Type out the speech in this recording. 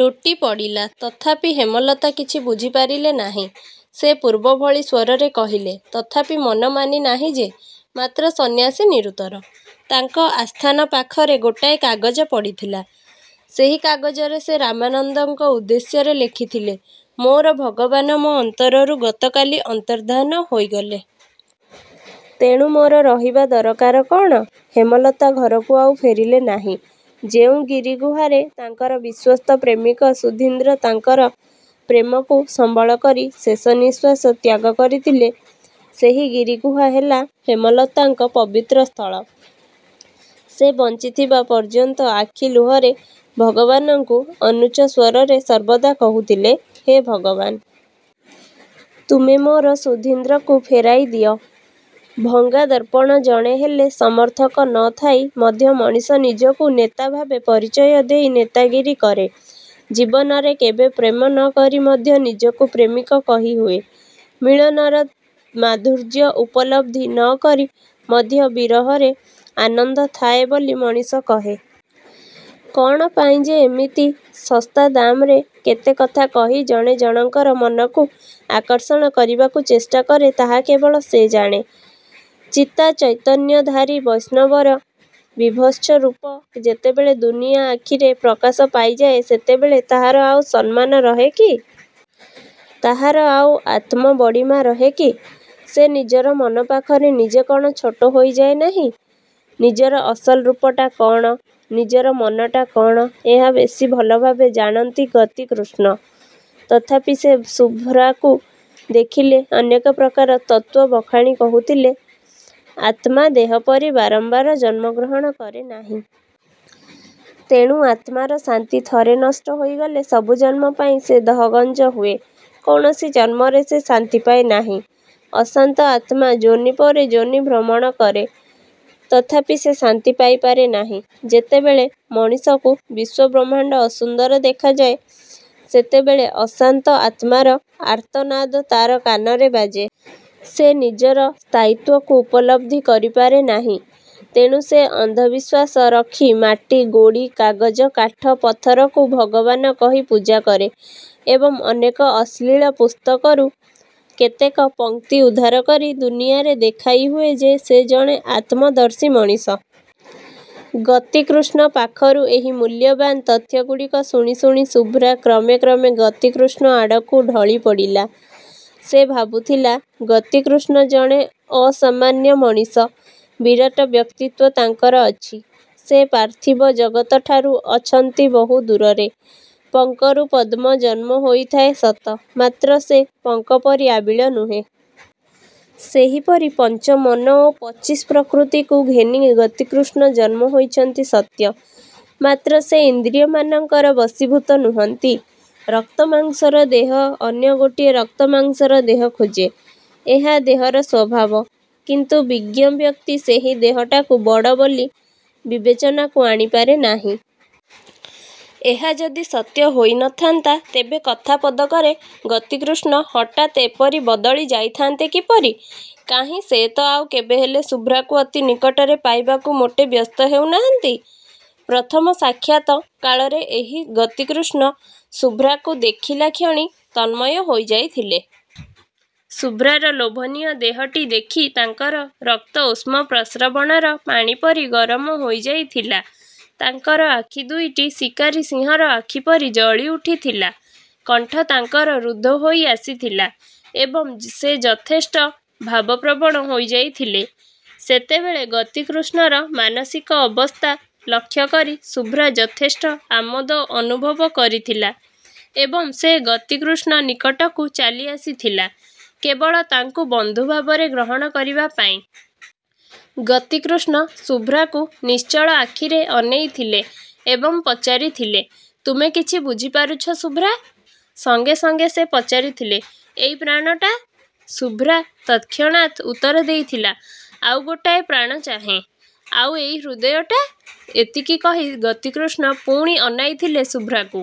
ଲୋଟିପଡ଼ିଲା। ତଥାପି ହେମଲତା କିଛି ବୁଝିପାରିଲେ ନାହିଁ। ସେ ପୂର୍ବ ଭଳି ସ୍ୱରରେ କହିଲେ ''ତଥାପି ମନ ମାନି ନାହିଁ ଯେ '' ମାତ୍ର ସନ୍ୟାସୀ ନିରୁତ୍ତର। ତାଙ୍କ ଆସ୍ଥାନ ପାଖରେ ଗୋଟାଏ କାଗଜ ପଡ଼ିଥିଲା। ସେହି କାଗଜରେ ସେ ରାମାନନ୍ଦଙ୍କ ଉଦ୍ଦେଶ୍ୟରେ ଲେଖିଥିଲେ ''ମୋର ଭଗବାନ ମୋ ଅନ୍ତରରୁ ଗତକାଲି ଅନ୍ତର୍ଦ୍ଧାନ ହୋଇଗଲେ। ତେଣୁ ମୋର ରହିବା ଦରକାର କ'ଣ? '' ହେମଲତା ଘରକୁ ଆଉ ଫେରିଲେ ନାହିଁ। ଯେଉଁ ଗିରି ଗୁହାରେ ତାଙ୍କର ବିଶ୍ୱସ୍ତ ପ୍ରେମିକ ସୁଧୀନ୍ଦ୍ର ତାଙ୍କର ପ୍ରେମକୁ ସମ୍ବଳକରି ଶେଷନିଃଶ୍ୱାସ ତ୍ୟାଗ କରିଥିଲେ ସେହି ଗିରିଗୁହା ହେଲା ହେମଲତାଙ୍କ ପବିତ୍ର ସ୍ଥଳ। ସେ ବଞ୍ଚିଥିବା ପର୍ଯ୍ୟନ୍ତ ଆଖି ଲୁହରେ ଭଗବାନଙ୍କୁ ଅନୁଚ୍ଚସ୍ୱରରେ ସର୍ବଦା କହୁଥିଲେ, ''ହେ ଭଗବାନ! ତୁମେ ମୋର ସୁଧୀନ୍ଦ୍ରକୁ ଫେରାଇଦିଅ। '' ଭଙ୍ଗା ଦର୍ପଣ ଜଣେ ହେଲେ ସମର୍ଥକ ନ ଥାଇ ମଧ୍ୟ ମଣିଷ ନିଜକୁ ନେତାଭାବେ ପରିଚୟ ଦେଇ ନେତାଗିରୀ କରେ। ଜୀବନରେ କେବେ ପ୍ରେମ ନ କରି ମଧ୍ୟ ନିଜକୁ ପ୍ରେମିକ କହିହୁଏ। ମିଳନର ମାଧୁର୍ଯ୍ୟ ଉପଲବ୍ଧି ନ କରି ମଧ୍ୟ ବିରହରେ ଆନନ୍ଦ ଥାଏ ବୋଲି ମଣିଷ କହେ। କ'ଣ ପାଇଁ ଯେ ଏମିତି ଶସ୍ତା ଦାମରେ କେତେ କଥା କହି ଜଣେ ଜଣଙ୍କର ମନକୁ ଆକର୍ଷଣ କରିବାକୁ ଚେଷ୍ଟାକରେ ତାହା କେବଳ ସେ ଜାଣେ। ଚିତାଚୈତନ୍ୟଧାରୀ ବୈଷ୍ଣବର ବିଭତ୍ସରୂପ ଯେତେବେଳେ ଦୁନିଆ ଆଖିରେ ପ୍ରକାଶ ପାଇଯାଏ, ସେତେବେଳେ ତାହାର ଆଉ ସମ୍ମାନ ରହେ କି? ତାହାର ଆଉ ଆତ୍ମବଡ଼ିମା ରହେ କି-? ସେ ନିଜର ମନ ପାଖରେ ନିଜେ କ'ଣ ଛୋଟ ହୋଇଯାଏ ନାହିଁ? ନିଜର ଅସଲ ରୂପଟା କ'ଣ, ନିଜର ମନଟା କ'ଣ, ଏହା ବେଶି ଭଲଭାବେ ଜାଣନ୍ତି ଗତିକୃଷ୍ଣ। ତଥାପି ସେ ଶୁଭ୍ରାକୁ ଦେଖିଲେ ଅନେକ ପ୍ରକାର ତତ୍ତ୍ଵ ବଖାଣି କହୁଥିଲେ, ''ଆତ୍ମା ଦେହପରି ବାରମ୍ବାର ଜନ୍ମଗ୍ରହଣ କରେନାହିଁ। ତେଣୁ ଆତ୍ମାର ଶାନ୍ତି ଥରେ ନଷ୍ଟ ହୋଇଗଲେ ସବୁ ଜନ୍ମପାଇଁ ସେ ଦହଗଞ୍ଜ ହୁଏ। କୌଣସି ଜନ୍ମରେ ସେ ଶାନ୍ତି ପାଏ ନାହିଁ। ଅଶାନ୍ତ ଆତ୍ମା ଯୋନି ପରେ ଯୋନି ଭ୍ରମଣ କରେ। ତଥାପି ସେ ଶାନ୍ତି ପାଇପାରେ ନାହିଁ। ଯେତେବେଳେ ମଣିଷକୁ ବିଶ୍ୱବ୍ରହ୍ମାଣ୍ଡ ଅସୁନ୍ଦର ଦେଖାଯାଏ, ସେତେବେଳେ ଅଶାନ୍ତ ଆତ୍ମାର ଆର୍ତ୍ତନାଦ ତା'ର କାନରେ ବାଜେ। ସେ ନିଜର ସ୍ଥାୟିତ୍ୱକୁ ଉପଲବ୍ଧି କରିପାରେ ନାହିଁ। ତେଣୁ ସେ ଅନ୍ଧବିଶ୍ୱାସ ରଖି ମାଟି, ଗୋଡ଼ି, କାଗଜ, କାଠ, ପଥରକୁ ଭଗବାନ କହି ପୂଜାକରେ ଏବଂ ଅନେକ ଅଶ୍ଳୀଳ ପୁସ୍ତକରୁ କେତେକ ପଂକ୍ତି ଉଦ୍ଧାର କରି ଦୁନିଆରେ ଦେଖାଇହୁଏ ଯେ ସେ ଜଣେ ଆତ୍ମଦର୍ଶୀ ମଣିଷ। '' ଗତିକୃଷ୍ଣ ପାଖରୁ ଏହି ମୂଲ୍ୟବାନ ତଥ୍ୟଗୁଡ଼ିକ ଶୁଣି ଶୁଣି ଶୁଭ୍ରା କ୍ରମେ କ୍ରମେ ଗତିକୃଷ୍ଣ ଆଡ଼କୁ ଢଳିପଡ଼ିଲା। ସେ ଭାବୁଥିଲା, 'ଗତିକୃଷ୍ଣ ଜଣେ ଅସାମାନ୍ୟ ମଣିଷ, ବିରାଟ ବ୍ୟକ୍ତିତ୍ଵ ତାଙ୍କର ଅଛି। ସେ ପାର୍ଥିବ ଜଗତଠାରୁ ଅଛନ୍ତି ବହୁ ଦୂରରେ। ପଙ୍କରୁ ପଦ୍ମ ଜନ୍ମହୋଇଥାଏ ସତ, ମାତ୍ର ସେ ପଙ୍କପରି ଆବିଳ ନୁହେଁ। ସେହିପରି ପଞ୍ଚମନ ଓ ପଚିଶ ପ୍ରକୃତିକୁ ଘେନି ଗତିକୃଷ୍ଣ ଜନ୍ମ ହୋଇଛନ୍ତି ସତ୍ୟ; ମାତ୍ର ସେ ଇନ୍ଦ୍ରିୟମାନଙ୍କର ବଶୀଭୂତ ନୁହନ୍ତି। ରକ୍ତମାଂସର ଦେହ ଅନ୍ୟ ଗୋଟିଏ ରକ୍ତମାଂସର ଦେହ ଖୋଜେ, ଏହା ଦେହର ସ୍ୱଭାବ। କିନ୍ତୁ ବିଜ୍ଞବ୍ୟକ୍ତି ସେହି ଦେହଟାକୁ ବଡ଼ ବୋଲି ବିବେଚନାକୁ ଆଣିପାରେ ନାହିଁ। ଏହା ଯଦି ସତ୍ୟ ହୋଇନଥାନ୍ତା, ତେବେ କଥା ପଦକରେ ଗତିକୃଷ୍ଣ ହଠାତ୍ ଏପରି ବଦଳି ଯାଇଥାନ୍ତେ କିପରି? କାହିଁ ସେ ତ ଆଉ କେବେହେଲେ ଶୁଭ୍ରାକୁ ଅତି ନିକଟରେ ପାଇବାକୁ ମୋଟେ ବ୍ୟସ୍ତ ହେଉନାହାନ୍ତି? ' ପ୍ରଥମ ସାକ୍ଷାତ କାଳରେ ଏହି ଗତିକୃଷ୍ଣ ଶୁଭ୍ରାକୁ ଦେଖିଲାକ୍ଷଣି ତନ୍ମୟ ହୋଇଯାଇଥିଲେ। ଶୁଭ୍ରାର ଲୋଭନୀୟ ଦେହଟି ଦେଖି ତାଙ୍କର ରକ୍ତ ଉଷ୍ମପ୍ରସ୍ରବଣର ପାଣିପରି ଗରମ ହୋଇଯାଇଥିଲା। ତାଙ୍କର ଆଖି ଦୁଇଟି ଶିକାରୀ ସିଂହର ଆଖିପରି ଜଳିଉଠିଥିଲା। କଣ୍ଠ ତାଙ୍କର ରୁଦ୍ଧ ହୋଇଆସିଥିଲା ଏବଂ ସେ ଯଥେଷ୍ଟ ଭାବପ୍ରବଣ ହୋଇଯାଇଥିଲେ। ସେତେବେଳେ ଗତିକୃଷ୍ଣର ମାନସିକ ଅବସ୍ଥା ଲକ୍ଷ୍ୟକରି ଶୁଭ୍ରା ଯଥେଷ୍ଟ ଆମୋଦ ଅନୁଭବ କରିଥିଲା ଏବଂ ସେ ଗତିକୃଷ୍ଣ ନିକଟକୁ ଚାଲିଆସିଥିଲା କେବଳ ତାଙ୍କୁ ବନ୍ଧୁଭାବରେ ଗ୍ରହଣ କରିବା ପାଇଁ। ଗତିକୃଷ୍ଣ ଶୁଭ୍ରାକୁ ନିଶ୍ଚଳ ଆଖିରେ ଅନେଇଥିଲେ ଏବଂ ପଚାରିଥିଲେ ''ତୁମେ କିଛି ବୁଝିପାରୁଛ ଶୁଭ୍ରା? '' ସଙ୍ଗେ ସଙ୍ଗେ ସେ ପଚାରିଥିଲେ, ''ଏଇ ପ୍ରାଣଟା? '' ଶୁଭ୍ରା ତତ୍କ୍ଷଣାତ ଉତ୍ତର ଦେଇଥିଲା, ''ଆଉ ଗୋଟାଏ ପ୍ରାଣ ଚାହେଁ। '' ''ଆଉ ଏଇ ହୃଦୟଟା? '' ଏତିକି କହି ଗତିକୃଷ୍ଣ ପୁଣି ଅନାଇଥିଲେ ଶୁଭ୍ରାକୁ।